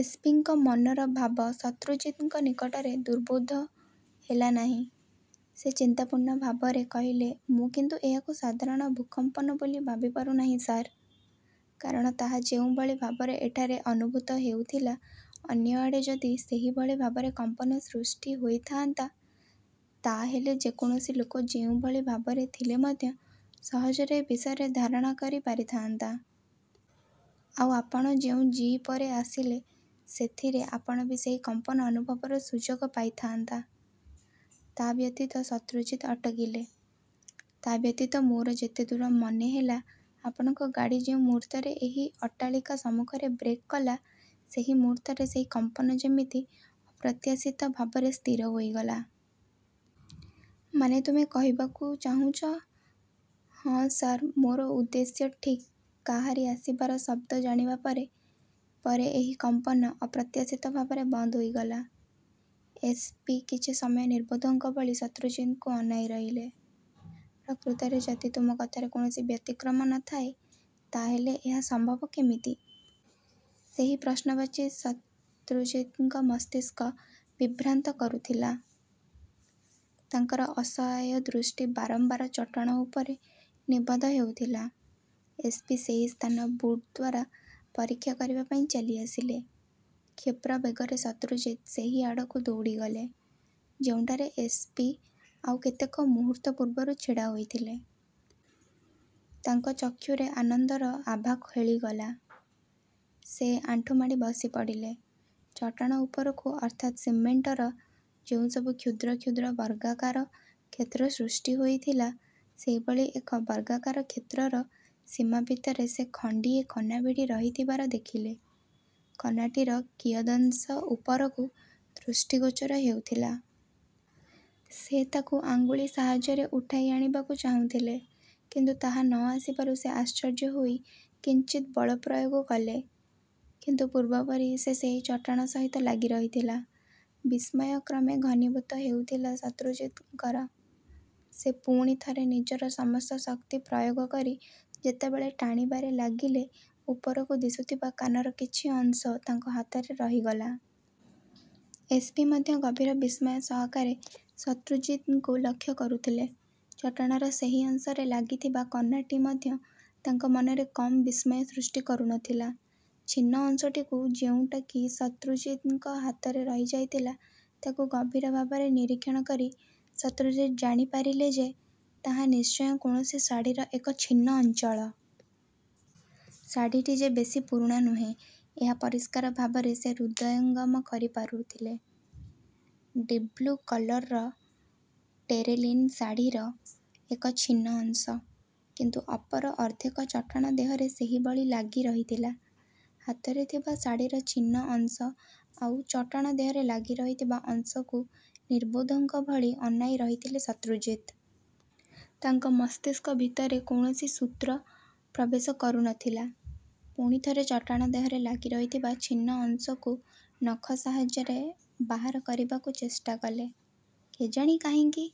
S P ଙ୍କ ମନର ଭାବ ଶତ୍ରୁଜିତ୍‌ଙ୍କ ନିକଟରେ ଦୁର୍ବୋଧ୍ୟ ହେଲା ନାହିଁ। ସେ ଚିନ୍ତାପୂର୍ଣ୍ଣ ଭାବରେ କହିଲେ ମୁଁ କିନ୍ତୁ ଏହାକୁ ସାଧାରଣ ଭୂକମ୍ପନ ବୋଲି ଭାବିପାରୁ ନାହିଁ ସାର୍। କାରଣ ତାହା ଯେଉଁଭଳି ଭାବରେ ଏଠାରେ ଅନୁଭୂତ ହେଉଥିଲା ଅନ୍ୟ ଆଡ଼େ ଯଦି ସେହିଭଳି ଭାବରେ କମ୍ପନ ସୃଷ୍ଟି ହୋଇଥାଆନ୍ତା ତା ହେଲେ ଯେ କୌଣସି ଲୋକ ଯେଉଁଭଳି ଭାବରେ ଥିଲେ ମଧ୍ୟ ସହଜରେ ଏ ବିଷୟରେ ଧାରଣା କରି ପାରିଥାଆନ୍ତା। ଆଉ ଆପଣ ଯେଉଁ ଜିପରେ ଆସିଲେ ସେଥିରେ ଆପଣ ବି ସେହି କମ୍ପନ ଅନୁଭବର ସୁଯୋଗ ପାଇଥାଆନ୍ତା। ତା ବ୍ୟତୀତ ଶତ୍ରୁଜିତ୍ ଅଟକିଲେ। ତା ବ୍ୟତୀତ ମୋର ଯେତେଦୂର ମନେହେଲା ଆପଣଙ୍କ ଗାଡ଼ି ଯେଉଁ ମୁହୂର୍ତ୍ତରେ ଏହି ଅଟ୍ଟାଳିକା ସମ୍ମୁଖରେ ବ୍ରେକ୍ କଲା ସେହି ମୁହୂର୍ତ୍ତରେ ସେହି କମ୍ପନ ଯେମିତି ପ୍ରତ୍ୟାଶିତ ଭାବରେ ସ୍ଥିର ହୋଇଗଲା। ମାନେ ତୁମେ କହିବାକୁ ଚାହୁଁଛ ହଁ ସାର୍ ମୋର ଉଦ୍ଦେଶ୍ୟ ଠିକ୍ କାହାରି ଆସିବାର ଶବ୍ଦ ଜାଣିବା ପରେ ପରେ ଏହି କମ୍ପନ ଅପ୍ରତ୍ୟାଶିତ ଭାବରେ ବନ୍ଦ ହୋଇଗଲା। ଏସ୍ ପି କିଛି ସମୟ ନିର୍ବୋଧଙ୍କ ଭଳି ଶତ୍ରୁଜିତ୍‌ଙ୍କୁ ଅନାଇ ରହିଲେ। ପ୍ରକୃତରେ ଯଦି ତୁମ କଥାରେ କୌଣସି ବ୍ୟତିକ୍ରମ ନ ଥାଏ ତା ହେଲେ ଏହା ସମ୍ଭବ କେମିତି? ସେହି ପ୍ରଶ୍ନବାଚୀ ଶତ୍ରୁଜିତ୍‌ଙ୍କ ମସ୍ତିଷ୍କ ବିଭ୍ରାନ୍ତ କରୁଥିଲା। ତାଙ୍କର ଅସହାୟ ଦୃଷ୍ଟି ବାରମ୍ବାର ଚଟାଣ ଉପରେ ନିବଦ୍ଧ ହେଉଥିଲା। ଏସ୍ ପି ସେହି ସ୍ଥାନ ବୁଟ୍ ଦ୍ୱାରା ପରୀକ୍ଷା କରିବା ପାଇଁ ଚାଲି ଆସିଲେ। କ୍ଷିପ୍ର ବେଗରେ ଶତ୍ରୁଜିତ୍ ସେହି ଆଡ଼କୁ ଦୌଡ଼ିଗଲେ ଯେଉଁଠାରେ ଏସ୍ ପି ଆଉ କେତେକ ମୁହୂର୍ତ୍ତ ପୂର୍ବରୁ ଛିଡ଼ା ହୋଇଥିଲେ। ତାଙ୍କ ଚକ୍ଷୁରେ ଆନନ୍ଦର ଆଭା ଖେଳିଗଲା। ସେ ଆଣ୍ଠୁମାଡ଼ି ବସିପଡ଼ିଲେ। ଚଟାଣ ଉପରକୁ ଅର୍ଥାତ୍ ସିମେଣ୍ଟର ଯେଉଁସବୁ କ୍ଷୁଦ୍ର କ୍ଷୁଦ୍ର ବର୍ଗାକାର କ୍ଷେତ୍ର ସୃଷ୍ଟି ହୋଇଥିଲା ସେହିଭଳି ଏକ ବର୍ଗାକାର କ୍ଷେତ୍ରର ସୀମା ଭିତରେ ସେ ଖଣ୍ଡିଏ କନା ଭିଡ଼ି ରହିଥିବାର ଦେଖିଲେ। କନାଟିର କିୟଦଂଶ ଉପରକୁ ଦୃଷ୍ଟିଗୋଚର ହେଉଥିଲା। ସେ ତାକୁ ଆଙ୍ଗୁଳି ସାହାଯ୍ୟରେ ଉଠାଇ ଆଣିବାକୁ ଚାହୁଁଥିଲେ। କିନ୍ତୁ ତାହା ନ ଆସିବାରୁ ସେ ଆଶ୍ଚର୍ଯ୍ୟ ହୋଇ କିଞ୍ଚିତ୍ ବଳପ୍ରୟୋଗ କଲେ। କିନ୍ତୁ ପୂର୍ବ ପରି ସେ ସେହି ଚଟାଣ ସହିତ ଲାଗି ରହିଥିଲା। ବିସ୍ମୟ କ୍ରମେ ଘନୀଭୂତ ହେଉଥିଲା ଶତ୍ରୁଜିତ୍‌ଙ୍କର। ସେ ପୁଣି ଥରେ ନିଜର ସମସ୍ତ ଶକ୍ତି ପ୍ରୟୋଗ କରି ଯେତେବେଳେ ଟାଣିବାରେ ଲାଗିଲେ ଉପରକୁ ଦିଶୁଥିବା କାନର କିଛି ଅଂଶ ତାଙ୍କ ହାତରେ ରହିଗଲା। ଏସ୍ ପି ମଧ୍ୟ ଗଭୀର ବିସ୍ମୟ ସହକାରେ ଶତ୍ରୁଜିତ୍‌ଙ୍କୁ ଲକ୍ଷ୍ୟ କରୁଥିଲେ। ଚଟାଣର ସେହି ଅଂଶରେ ଲାଗିଥିବା କନାଟି ମଧ୍ୟ ତାଙ୍କ ମନରେ କମ୍ ବିସ୍ମୟ ସୃଷ୍ଟି କରୁ ନ ଥିଲା। ଛିନ୍ନ ଅଂଶଟିକୁ ଯେଉଁଟା କି ଶତ୍ରୁଜିତ୍‌ଙ୍କ ହାତରେ ରହି ଯାଇଥିଲା ତାକୁ ଗଭୀର ଭାବରେ ନିରୀକ୍ଷଣ କରି ଶତ୍ରୁଜିତ୍ ଜାଣି ପାରିଲେ ଯେ ତାହା ନିଶ୍ଚୟ କୌଣସି ଶାଢ଼ିର ଏକ ଛିନ୍ନ ଅଞ୍ଚଳ। ଶାଢ଼ିଟି ଯେ ବେଶି ପୁରୁଣା ନୁହେଁ ଏହା ପରିଷ୍କାର ଭାବରେ ସେ ହୃଦୟଙ୍ଗମ କରି ପାରୁଥିଲେ। ଡିପ୍ ବ୍ଲୁ କଲରର ଟେରେଲିନ୍ ଶାଢ଼ିର ଏକ ଛିନ୍ନ ଅଂଶ; କିନ୍ତୁ ଅପର ଅର୍ଦ୍ଧେକ ଚଟାଣ ଦେହରେ ସେହିଭଳି ଲାଗି ରହିଥିଲା। ହାତରେ ଥିବା ଶାଢ଼ିର ଛିନ୍ନ ଅଂଶ ଆଉ ଚଟାଣ ଦେହରେ ଲାଗି ରହିଥିବା ଅଂଶକୁ ନିର୍ବୋଧଙ୍କ ଭଳି ଅନାଇ ରହିଥିଲେ ଶତ୍ରୁଜିତ୍। ତାଙ୍କ ମସ୍ତିଷ୍କ ଭିତରେ କୌଣସି ସୂତ୍ର ପ୍ରବେଶ କରୁ ନ ଥିଲା। ପୁଣି ଥରେ ଚଟାଣ ଦେହରେ ଲାଗିରହିଥିବା ଛିନ୍ନ ଅଂଶକୁ ନଖ ସାହାଯ୍ୟରେ ବାହାର କରିବାକୁ ଚେଷ୍ଟା କଲେ। କେଜାଣି କାହିଁକି